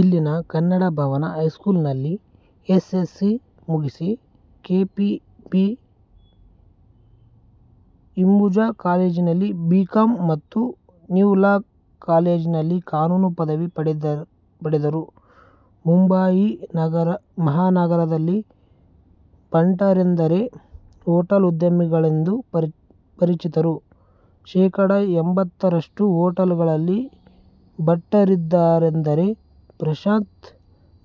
ಇಲ್ಲಿನ ಕನ್ನಡ ಭವನ ಹೈಸ್ಕೂಲ್ ನಲ್ಲಿ S. S. C. ಮುಗಿಸಿ, ಕೆ. ಪಿ. ಬಿ. ಹಿಂದುಜಾ ಕಾಲೇಜಿನಲ್ಲಿ ಬಿ. ಕಾಂ. ಮತ್ತು ನ್ಯೂ ಲಾ ಕಾಲೇಜಿನಲ್ಲಿ ಕಾನೂನು ಪದವಿ ಪಡೆದರು. ಮುಂಬಯಿ ಮಹಾನಗರದಲ್ಲಿ ಬಂಟರೆಂದರೆ ಹೊಟೇಲ್ ಉದ್ಯಮಿಗಳೆಂದೇ ಪರಿಚಿತರು. ಶೇಖಡ. ಎಂಬತ್ತರಷ್ಟು ಹೊಟೇಲುಗಳು ಬಂಟರದ್ದಾಗಿದೆ. ಪ್ರಕಾಶ್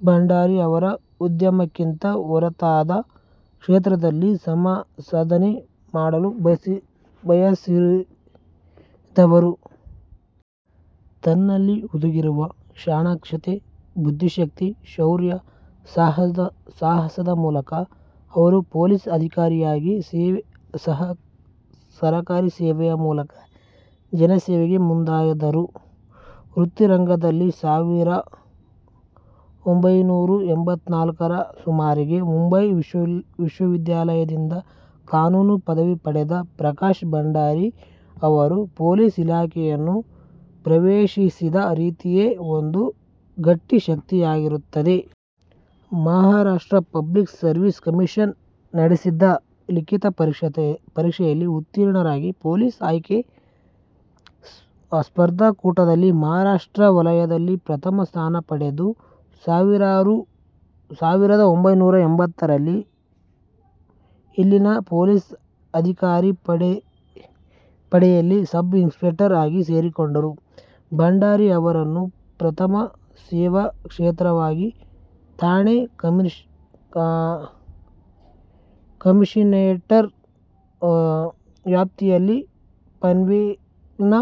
ಭಂಡಾರಿ ಅವರು ಉದ್ಯಮಕ್ಕಿಂತ ಹೊರತಾದ ಕ್ಷೇತ್ರದಲ್ಲಿ ಸಾಧನೆ ಮಾಡಲು ಬಯಸಿದವರು. ತನ್ನಲ್ಲಿ ಹುದುಗಿರುವ ಚಾಣಾಕ್ಷತೆ, ಬುದ್ಧಿಶಕ್ತಿ, ಶೌರ್ಯ, ಸಾಹಸದ ಮೂಲಕ ಅವರು ಪೊಲೀಸ್ ಅಧಿಕಾರಿಯಾಗಿ ಸರಕಾರಿ ಸೇವೆಯ ಮೂಲಕ ಜನಸೇವೆಗೆ ಮುಂದಾದರು. ವೃತ್ತಿ ರಂಗದಲ್ಲಿ ಸಾವಿರದ ಒಂಭೈನೂರ ಎಂಬತ್ನಾಲ್ಕರ ಸುಮಾರಿಗೆ ಮುಂಬಯಿ ವಿಶ್ವವಿದ್ಯಾನಿಲಯದಿಂದ ಕಾನೂನು ಪದವಿ ಪಡೆದ ಪ್ರಕಾಶ್ ಭಂಡಾರಿ ಅವರು ಪೊಲೀಸ್ ಇಲಾಖೆಯನ್ನು ಪ್ರವೇಶಿಸಿದ ರೀತಿಯೇ ಒಂದು ಗಟ್ಟಿ ಶಕ್ತಿಯಾಗಿತ್ತು. ಮಹಾರಾಷ್ಟ್ರ ಪಬ್ಲಿಕ್ ಸರ್ವಿಸ್ ಕಮಿಷನ್ ನಡೆಸಿದ್ದ ಲಿಖಿತ ಪರೀಕ್ಷೆಯಲ್ಲಿ ಉತ್ತೀರ್ಣರಾಗಿ ಪೊಲೀಸ್ ಆಯ್ಕೆಯ ಸ್ಪರ್ಧಾಕೂಟದಲ್ಲಿ ಮಹಾರಾಷ್ಟ್ರ ವಲಯದಲ್ಲಿ ಪ್ರಥಮ ಸ್ಥಾನ ಪಡೆದು ಸಾವಿರದ ಒಂಭೈನೂರ ಎಂಬತ್ತೈದರಲ್ಲಿ ಇಲ್ಲಿನ ಪೊಲೀಸ್ ಅಧಿಕಾರಿ ಪಡೆಯಲ್ಲಿ ಸಬ್ ಇನ್ಸ್ಪೆಕ್ಟರ್ ಆಗಿ ಸೇರಿಕೊಂಡರು. ಭಂಡಾರಿ ಅವರನ್ನು ಪ್ರಥಮ ಸೇವಾ ಕ್ಷೇತ್ರವಾಗಿ ಥಾಣೆ ಕಮಿಷನರೇಟ್ ವ್ಯಾಪ್ತಿಯ ಪನ್ವೇಲ್ನ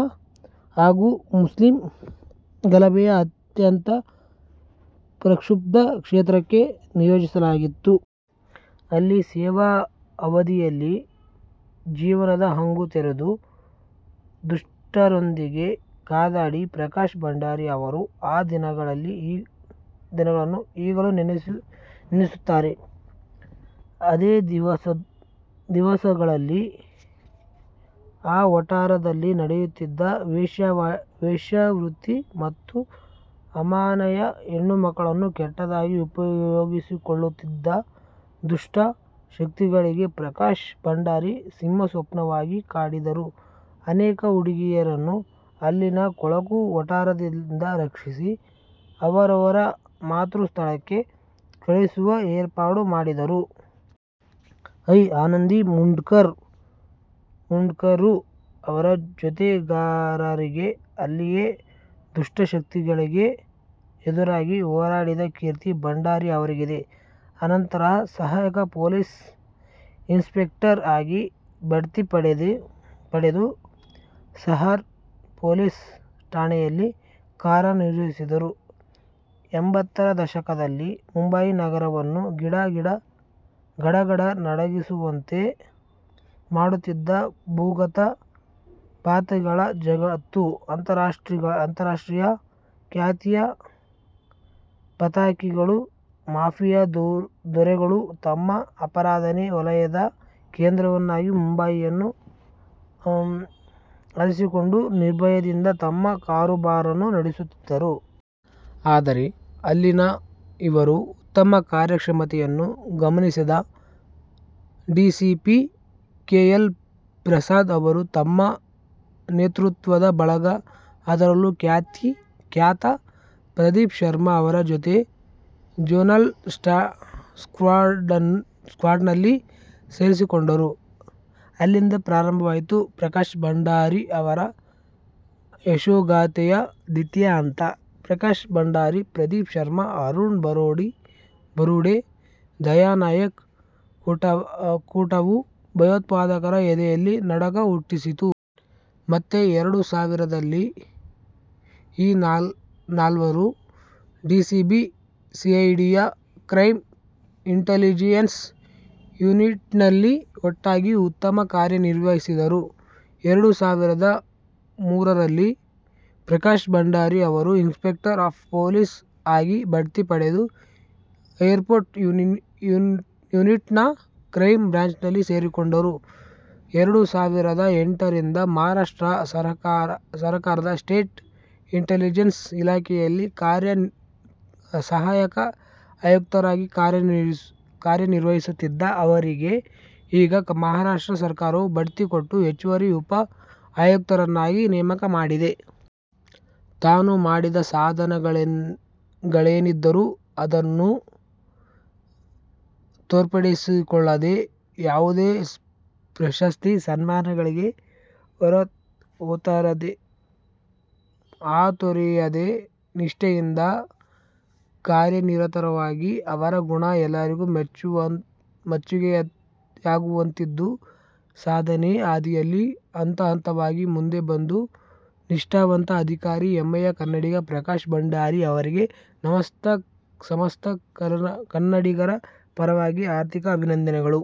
ಹಿಂದೂ ಮುಸ್ಲಿಂ ಗಲಭೆಯ ಅತ್ಯಂತ ಪ್ರಕ್ಷುಬ್ಧ ಕ್ಷೇತ್ರಕ್ಕೆ ನಿಯೋಜಿಸಲಾಗಿತ್ತು. ಅಲ್ಲಿ ಸೇವಾ ಅವಧಿಯಲ್ಲಿ ಜೀವನದ ಹಂಗು ತೊರೆದು ದುಷ್ಟರೊಂದಿಗೆ ಕಾದಾಡಿದ ಪ್ರಕಾಶ್ ಭಂಡಾರಿ ಅವರು ಆ ದಿನಗಳನ್ನು ಈಗಲೂ ನೆನಪಿಸುತ್ತಾರೆ. ಅದೇ ದಿವಸಗಳಲ್ಲಿ ಆ ವಠಾರದಲ್ಲಿ ನಡೆಯುತ್ತಿದ್ದ ವೇಶ್ಯಾವೃತ್ತಿ ಮತ್ತು ಅಮಾಯಕ ಹೆಣ್ಣುಮಕ್ಕಳನ್ನು ಕೆಟ್ಟದಾಗಿ ಉಪಯೋಗಿಸಿಕೊಳ್ಳುತ್ತಿದ್ದ ದುಷ್ಟ ಶಕ್ತಿಗಳಿಗೆಲ್ಲ ಪ್ರಕಾಶ್ ಭಂಡಾರಿ ಸಿಂಹಸ್ವಪ್ನವಾಗಿ ಕಾಡಿದರು. ಅನೇಕ ಹುಡುಗಿಯರನ್ನು ಅಲ್ಲಿನ ಕೊಳಕು ವಠಾರದಿಂದ ರಕ್ಷಿಸಿ ಅವರವರ ಮಾತೃ ಸ್ಥಳಕ್ಕೆ ಕಳುಹಿಸುವ ಏರ್ಪಾಡು ಮಾಡಿದರು. ಐ. ಆನಂದ ಮುಂಡ್ಕೂರು ಅವರ ಜತೆಗಾರರಾಗಿ ಅಲ್ಲಿಯ ದುಷ್ಟ ಶಕ್ತಿಗಳಿಗೆ ಎದುರಾಗಿ ಹೋರಾಡಿದ ಕೀರ್ತಿ ಭಂಡಾರಿ ಅವರಿಗಿದೆ. ಅನಂತರ ಸಹಾಯಕ ಪೊಲೀಸ್ ಇನ್ಸ್ಪೆಕ್ಟರ್ ಆಗಿ ಬಡ್ತಿ ಪಡೆದು ಸಹಾರ್ ಪೊಲೀಸ್ ಠಾಣೆಯಲ್ಲಿ ಕಾರ್ಯನಿರ್ವಹಿಸಿದರು. ತೊಂಬತ್ತರ ದಶಕದಲ್ಲಿ ಮುಂಬಯಿ ನಗರವನ್ನು ಗಡ ಗಡ ನಡುಗುವಂತೆ ಮಾಡುತ್ತಿದ್ದ ಭೂಗತ ಪಾತಕಿಗಳ ಜಗತ್ತು, ಅಂತರ್ರಾಷ್ಟ್ರೀಯ ಖ್ಯಾತಿಯ ಪಾತಕಿಗಳು, ಮಾಫಿಯಾ ದೊರೆಗಳು ತಮ್ಮ ಅಪರಾಧ ವಲಯದ ಕೇಂದ್ರವನ್ನಾಗಿ ಮುಂಬಯಿಯನ್ನು ಅರಸಿಕೊಂಡು ನಿರ್ಭಯದಿಂದ ತಮ್ಮ ಕಾರುಬಾರನ್ನು ನಿರ್ವಹಿಸುತ್ತಿದ್ದರು. ಆದರೆ, ಅಲ್ಲಿನ ಇವರ ಉತ್ತಮ ಕಾರ್ಯಕ್ಷಮತೆಯನ್ನು ಗಮನಿಸಿದ ಡಿಸಿಪಿ ಕೆ. ಎಲ್. ಪ್ರಸಾದ್ ಅವರು ತಮ್ಮ ನೇತೃತ್ವದ ಬಳಗ, ಅದರಲ್ಲೂ ಖ್ಯಾತ ಪ್ರದೀಪ್ ಶರ್ಮಾ ಅವರ ಜತೆ ಜೋನಲ್ ಸ್ಕ್ವಾಡ್ನಲ್ಲಿ ಸೇರಿಸಿಕೊಂಡರು. ಅಲ್ಲಿಂದ ಪ್ರಾರಂಭವಾಯಿತು – ಪ್ರಕಾಶ್ ಭಂಡಾರಿ ಅವರ ಯಶೋಗಾಥೆಯ ದ್ವಿತೀಯ ಹಂತ. ಪ್ರಕಾಶ್ ಭಂಡಾರಿ, ಪ್ರದೀಪ್ ಶರ್ಮಾ, ಅರುಣ್ ಬೋರುಡೆ, ದಯಾ ನಾಯಕ್ ಕೂಟವು ಭಯೋತ್ಪಾದಕರ ಎದೆಯಲ್ಲಿ ನಡುಕ ಹುಟ್ಟಿಸಿತು. ಮತ್ತೆ ಎರಡು ಸಾವಿರದಲ್ಲಿ ಈ ನಾಲ್ವರು ಡಿಸಿಬಿ ಸಿಐಡಿಯ ಕ್ರೈಂ ಇಂಟಲಿಜೆನ್ಸ್ ಯೂನಿಟ್ನಲ್ಲಿ ಒಟ್ಟಾಗಿ ಉತ್ತಮ ಕಾರ್ಯ ನಿರ್ವಹಿಸಿದರು. ಎರಡು ಸಾವಿರದ ಮೂರರಲ್ಲಿ ಪ್ರಕಾಶ್ ಭಂಡಾರಿ ಅವರು ಇನ್ಸ್ಪೆಕ್ಟರ್ ಆಫ್ ಪೊಲೀಸ್ ಆಗಿ ಬಡ್ತಿ ಪಡೆದು ಏರ್ಪೋರ್ಟ್ ಯೂನಿಟ್ನ ಕ್ರೈಂ ಬ್ರ್ಯಾಂಚ್ನಲ್ಲಿ ಸೇರಿಕೊಂಡರು. ಎರಡು ಸಾವಿರದ ಎಂಟರಿಂದ ಮಹಾರಾಷ್ಟ್ರ ಸರಕಾರದ ಸ್ಟೇಟ್ ಇಂಟಲಿಜೆನ್ಸ್ ಇಲಾಖೆಯಲ್ಲಿ ಸಹಾಯಕ ಆಯುಕ್ತರಾಗಿ ಕಾರ್ಯನಿರ್ವಹಿಸುತ್ತಿದ್ದ ಅವರಿಗೆ ಈಗ ಮಹಾರಾಷ್ಟ್ರ ಸರಕಾರವು ಬಡ್ತಿ ಕೊಟ್ಟು ಹೆಚ್ಚುವರಿ ಉಪ ಆಯುಕ್ತರನ್ನಾಗಿ ನೇಮಕ ಮಾಡಿದೆ. ತಾನು ಮಾಡಿದ ಸಾಧನೆಗಳೇನಿದ್ದರೂ ಅದನ್ನು ತೋರ್ಪಡಿಸಿಕೊಳ್ಳದೆ, ಯಾವುದೇ ಪ್ರಶಸ್ತಿ, ಸಮ್ಮಾನಗಳಿಗೆ ಹಾತೊರೆಯದೆ, ನಿಷ್ಠೆಯಿಂದ ಕಾರ್ಯನಿರತರಾಗಿರುವ ಅವರ ಗುಣ ಎಲ್ಲರಿಗೂ ಮೆಚ್ಚುಗೆಯಾಗುವಂಥದ್ದು. ಸಾಧನೆಯ ಹಾದಿಯಲ್ಲಿ ಹಂತ-ಹಂತವಾಗಿ ಮುಂದೆ ಬಂದ ನಿಷ್ಠಾವಂತ ಅಧಿಕಾರಿ ಹೆಮ್ಮೆಯ ಕನ್ನಡಿಗ ಪ್ರಕಾಶ್ ಭಂಡಾರಿ ಅವರಿಗೆ ಸಮಸ್ತ ಕನ್ನಡಿಗರ ಪರವಾಗಿ ಹಾರ್ದಿಕ ಅಭಿನಂದನೆಗಳು.